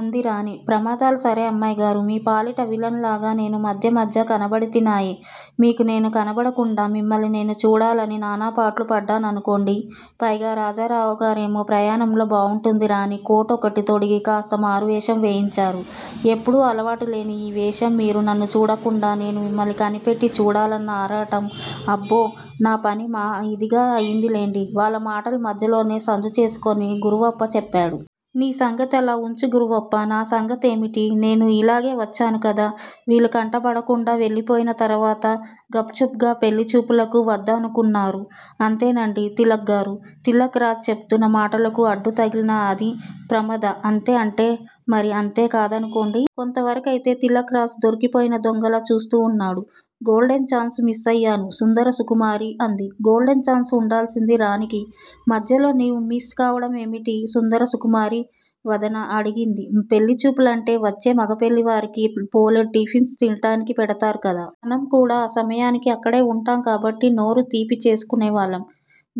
అంది రాణి. ప్రమాదాలు సరే అమ్మాయిగారు మీ పాలిట విలన్ లాగా నేను మధ్య మధ్య కనబడితినాయె. మీకు నేను కనబడకుండా మిమ్మల్ని నేను చూడాలని నానాపాట్లు పడ్డాననుకోండి. పైగా రాజారావుగారేమో ప్రయాణంలో బావుంటుందిరా! అని కోటు ఒకటి తొడిగి కాస్త మారువేషం వేయించారు. ఎప్పుడూ అలవాటులేని ఈ వేషం మీరు నన్ను చూడకుండా నేను మిమ్మల్ని కనిపెట్టి చూడాలన్న ఆరాటం అబ్బో నా పని మా ఇదిగా అయిందిలెండి వాళ్ళ మాటల మధ్యలో సందు చేసుకొని గురవప్ప చెప్పాడు. నీ సంగతి అలా ఉంచు గురవప్పా నా సంగతేమిటి? నేనూ నీలాగే వచ్చాను కదా వీళ్ళ కంటబడకుండా వెళ్ళిపోయిన తరువాత గప్ చుప్ గా పెళ్ళిచూపులకి వద్దామనుకున్నారు. అంతేనాండి తిలక్ గారు? తిలక్ రాజ్ చెబుతున్న మాటలకు అడ్డు తగిలి అంది ప్రమద. అంతే అంటే మరీ అంతే కాదనుకోండి. కొంతవరకు అంతే తిలక్ రాజ్ దొరికిపోయిన దొంగలా చూస్తూ అన్నాడు. గోల్డెన్ ఛాన్స్ మిస్సయ్యాను సుందర సుకుమారి అంది. గోల్డెన్ ఛాన్స్ ఉండాల్సింది రాణీకి. మధ్యలో నీవు మిస్ కావడమేమిటే సుందర సుకుమారీ! వందన అడిగింది. పెళ్ళి చూపులంటే వచ్చే మగపెళ్ళివారికి బోలెడు టిఫెన్స్ తింటానికి పెడతారు కదా! మనం కూడా ఆ సమయానికి అక్కడే ఉంటాం కాబట్టి నోరు తీపి చేసుకొనేవాళ్ళం.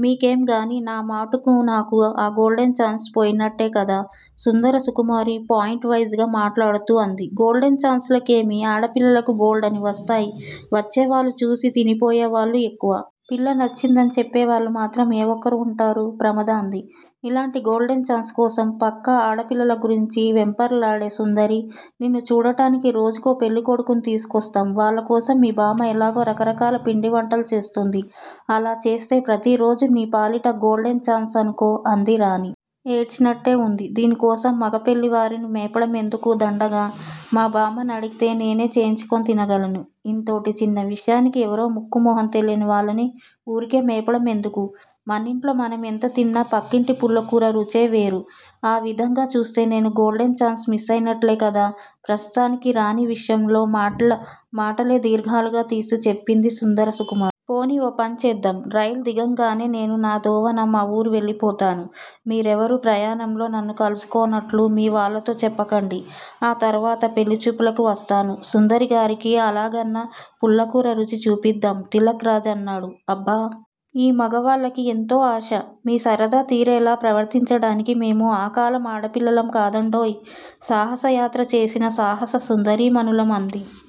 మీకేమోగాని నా మటుకు నాకు ఆ గోల్డెన్ ఛాన్స్ పోయినట్టే కదా! సుందర సుకుమారి పాయింట్ వైజ్ గా మాట్లాడుతూ అంది. గోల్డెన్ ఛాన్సులకేమి? ఆడపిల్లలకి బోల్డన్ని వస్తాయి. వచ్చేవాళ్ళు చూసి తినిపోయేవాళ్ళు ఎక్కువ. పిల్ల నచ్చిందని చెప్పేవాళ్ళు మాత్రం ఏ ఒక్కరో ఉంటారు ప్రమద అంది. ఇలాంటి గోల్డెన్ ఛాన్స్ కోసం పక్క ఆడపిల్లల గురించి వెంపర్లాడకే సుందరీ! నిన్ను చూడ్డానికి రోజుకో పెళ్ళికొడుకుని తీసుకొస్తాం. వాళ్ళకోసం మీ బామ్మ ఎలాగూ రకరకాల పిండి వంటలు చేస్తుంది. అలా చేస్తే ప్రతిరోజూ నీ పాలిట గోల్డెన్ ఛాన్సేననుకో అంది రాణి. ఏడ్చినట్టే ఉంది. దీనికోసం మగపెళ్ళివారిని మేపడం ఎందుకు దండగ. మా బామ్మనడిగి నేనే చేయించుకు తినగలను. ఇంతోటి చిన్న విషయానికి ఎవరో ముక్కూ మొహం తెలీని వాళ్ళని ఊరికే మేపడం ఎందుకు? మనింట్లో మనం ఎంత తిన్నా పక్కింటి పుల్లకూర రుచే వేరు. ఆ విధంగా చూస్తే నేను గోల్డెన్ ఛాన్స్ మిస్సయినట్టే కదా ప్రస్తుతానికి రా ణి విషయంలో మాటల్నే దీర్ఘాలుగా తీస్తూ చెప్పింది సుందర సుకుమారి. పోనీ ఓ పని చేద్దాం. రైలు దిగంగానే నేను నా దోవన మా ఊరు వెళ్ళిపోతాను. మీరెవరూ ప్రయాణంలో నన్ను కలుసుకొన్నట్టు మీ వాళ్ళతో చెప్పకండి. ఆ తరువాత పెళ్ళిచూపులకి వస్తాను. సుందరి గారికి అలాగన్నా పుల్లకూర రుచి చూపిద్దాం తిలక్ రాజ్ అన్నాడు. అబ్బా! ఈ మగవాళ్ళకి ఎంత ఆశో! మీ సరదా తీరేలా ప్రవర్తించడానికి మేము ఆ కాలం ఆడపిల్లలం కాదండోయ్. సాహసయాత్ర చేసిన సాహస సుందరీమణులం అంది